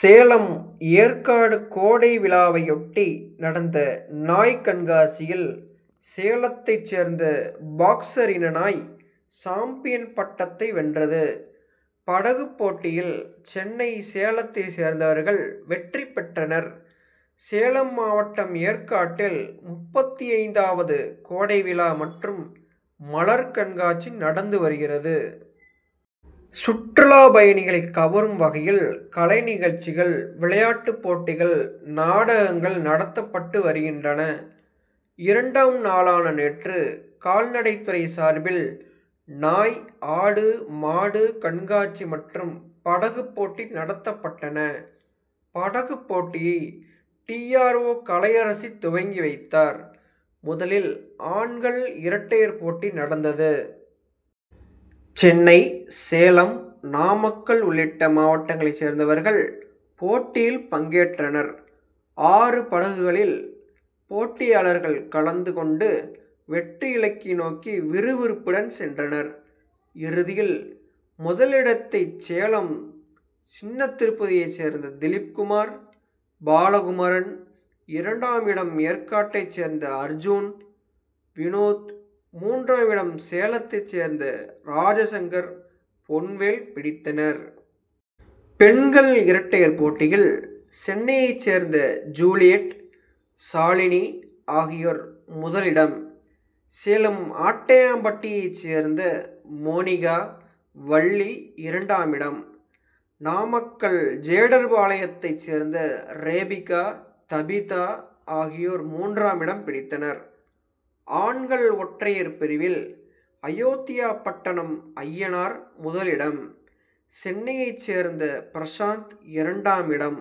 சேலம் ஏற்காடு கோடை விழாவையொட்டி நடந்த நாய் கண்காட்சியில் சேலத்தைச் சேர்ந்த பாக்ஸர் இன நாய், சாம்பியன் பட்டத்தை வென்றது. படகுப் போட்டியில், சென்னை, சேலத்தைச் சேர்ந்தவர்கள் வெற்றி பெற்றனர். சேலம் மாவட்டம் ஏற்காட்டில் முப்பத்தைந்து வது கோடைவிழா மற்றும் மலர் கண்காட்சி நடந்து வருகிறது. சுற்றுலா பயணிகளை கவரும் வகையில் கலைநிகழ்ச்சிகள், விளையாட்டுப் போட்டிகள், நாடகங்கள் நடத்தப்பட்டு வருகின்றன. இரண்டாம் நாளான நேற்று கால்நடைத்துறை சார்பில் நாய், ஆடு, மாடு கண்காட்சி மற்றும் படகுப் போட்டி நடத்தப்பட்டன. படகுப் போட்டியை, டி. ஆர். ஓ., கலையரசி துவக்கி வைத்தார். முதலில் ஆண்கள் இரட்டையர் போட்டி நடந்தது. சென்னை, சேலம், நாமக்கல் உள்ளிட்ட மாவட்டங்களைச் சேர்ந்தவர்கள் போட்டியில் பங்கேற்றனர். ஆறு படகுகளில் போட்டியாளர்கள் கலந்து கொண்டு வெற்றி இலக்கை நோக்கி விறுவிறுப்புடன் சென்றனர். இறுதியில், முதலிடத்தை சேலம் சின்னதிருப்பதியைச் சேர்ந்த திலீப்குமார், பாலகுமாரன், இரண்டாமிடம் ஏற்காட்டைச் சேர்ந்த அர்ஜூன், வினோத், மூன்றாமிடம் சேலத்தைச் சேர்ந்த ராஜாசங்கர், பொன்வேல் பிடித்தனர். பெண்கள் இரட்டையர் போட்டியில், சென்னையைச் சேர்ந்த ஜூலியட், ஷாலினி ஆகியோர் முதலிடம், சேலம் ஆட்டையாம்பட்டியைச் சேர்ந்த மோனிகா, வள்ளி இரண்டாமிடம், நாமக்கல் ஜேடர்பாளையத்தைச் சேர்ந்த ரேபிகா, தபிதா ஆகியோர் மூன்றாமிடம் பிடித்தனர். ஆண்கள் ஒற்றையர் பிரிவில், அயோத்தியாபட்டணம் அய்யனார் முதலிடம், சென்னையைச் சேர்ந்த பிரசாந்த் இரண்டாமிடம்,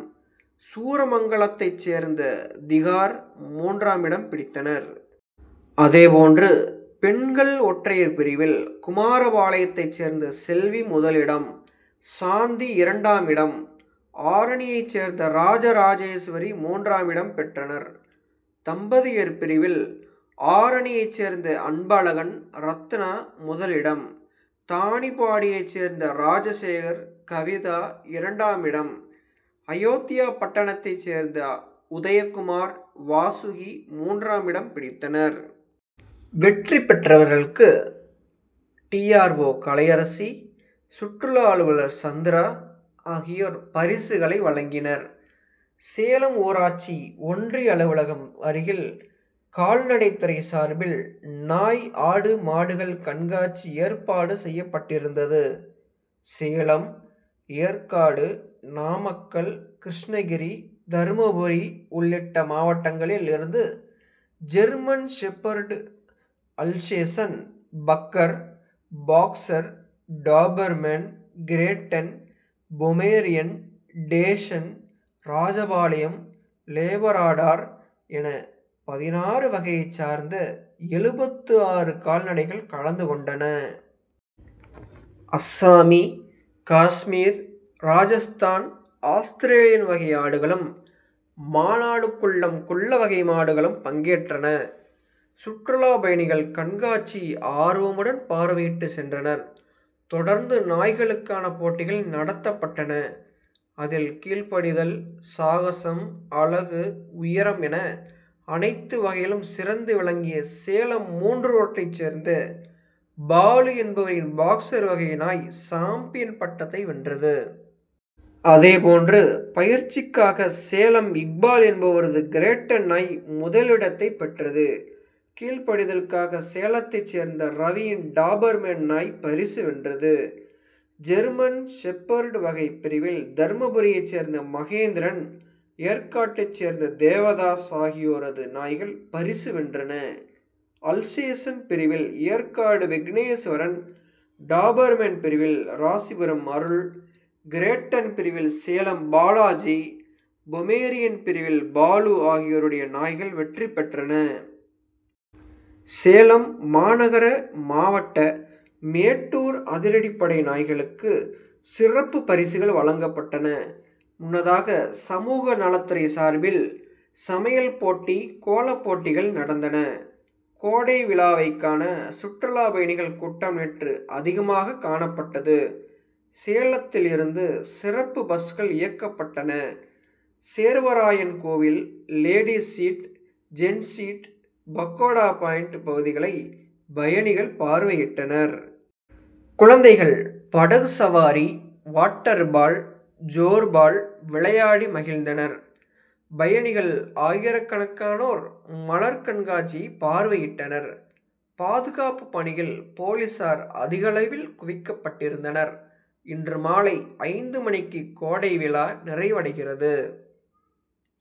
சூரமங்கலத்தைச் சேர்ந்த திஹார் மூன்றாமிடம் பிடித்தனர். அதேபோன்று, பெண்கள் ஒற்றையர் பிரிவில், குமாரபாளையத்தைச் சேர்ந்த செல்வி முதலிடம், சாந்தி இரண்டாமிடம், ஆரணியைச் சேர்ந்த ராஜராஜேஸ்வரி மூன்றாமிடம் பெற்றனர். தம்பதியர் பிரிவில், ஆரணியைச் சேர்ந்த அன்பழகன், ரத்னா முதலிடம், தரணிபாடியைச் சேர்ந்த ராஜசேகர், கவிதா இரண்டாமிடம், அயோத்தியாபட்டணத்தைச் சேர்ந்த உதயகுமார், வாசுகி மூன்றாமிடம் பிடித்தனர். வெற்றி பெற்றவர்களுக்கு டி. ஆர். ஓ., கலையரசி, சுற்றுலா அலுவலர் சந்திரா ஆகியோர் பரிசுகளை வழங்கினர். சேலம் ஊராட்சி ஒன்றிய அலுவலகம் அருகில், கால்நடைத்துறை சார்பில் நாய், ஆடு, மாடுகள் கண்காட்சி ஏற்பாடு செய்யப்பட்டிருந்தது. சேலம், ஏற்காடு, நாமக்கல், கிருஷ்ணகிரி, தர்மபுரி உள்ளிட்ட மாவட்டங்களில் இருந்து ஜெர்மன்ஷெப்பர்டு, அல்சேஷன், பக்கர், boxer, Doberman, Great Dane, Pomeranian, dachshund, Rajapalayam, Labrador என பதினாறு வகையை சார்ந்த எழுபத்து ஆறு கால்நடைகள் கலந்து கொண்டன. அஸ்ஸாமி, காஷ்மீர், ராஜஸ்தான், ஆஸ்திரேலியன் வகை ஆடுகளும், மானாடுகுள்ளம் குள்ளவகை மாடுகளும் பங்கேற்றன. சுற்றுலா பயணிகள் கண்காட்சியை ஆர்வமுடன் பார்வையிட்டு சென்றனர். தொடர்ந்து நாய்களுக்கான போட்டிகள் நடத்தப்பட்டன. அதில், கீழ்படிதல், சாகசம், அழகு, உயரம் என அனைத்து வகையிலும் சிறந்து விளங்கிய சேலம் மூன்று ரோட்டைச் சேர்ந்த பாலு என்பவரின் பாக்ஸர் வகை நாய் சாம்பியன் பட்டத்தை வென்றது. அதே போன்று, பயிற்சிக்காக சேலம் இக்பால் என்பவரது கிரேட்டன் நாய் முதலிடத்தை பெற்றது. கீழ்படிதலுக்காக சேலத்தைச் சேர்ந்த ரவியின் டாபர்மேன் நாய் பரிசு வென்றது. ஜெர்மன் ஷெப்பர்டு வகை பிரிவில் தர்மபுரியைச் சேர்ந்த மகேந்திரன், ஏற்காட்டைச் சேர்ந்த தேவதாஸ் ஆகியோரது நாய்கள் பரிசு வென்றன. அல்சேஷன் பிரிவில் ஏற்காடு விக்னேஸ்வரன், டாபர்மேன் பிரிவில் ராசிபுரம் அருள், கிரேட்டன் பிரிவில் சேலம் பாலாஜி, பொமேரியன் பிரிவில் பாலு ஆகியோருடைய நாய்கள் வெற்றி பெற்றன. சேலம் மாநகர, மாவட்ட, மேட்டூர் அதிரடிப்படை நாய்களுக்கு சிறப்பு பரிசுகள் வழங்கப்பட்டன. முன்னதாக, சமூக நலத்துறை சார்பில் சமையல் போட்டி, கோலப்போட்டிகள் நடந்தன. கோடை விழாவை காண சுற்றுலா பயணிகள் கூட்டம் நேற்று அதிகமாக காணப்பட்டது. சேலத்தில் இருந்து சிறப்பு பஸ்கள் இயக்கப்பட்டன. சேர்வராயன் கோவில், ladies seat, gents seat, pakoda point பகுதிகளை பயணிகள் பார்வையிட்டனர். குழந்தைகள் படகு சவாரி, வாட்டர் பால், ஜோர் பால் விளையாடி மகிழ்ந்தனர். பயணிகள் ஆயிரக்கணக்கானோர் மலர் கண்காட்சியை பார்வையிட்டனர். பாதுகாப்பு பணியில் போலீஸார் அதிகளவில் குவிக்கப்பட்டிருந்தனர். இன்று மாலை ஐந்து மணிக்கு கோடைவிழா நிறைவடைகிறது.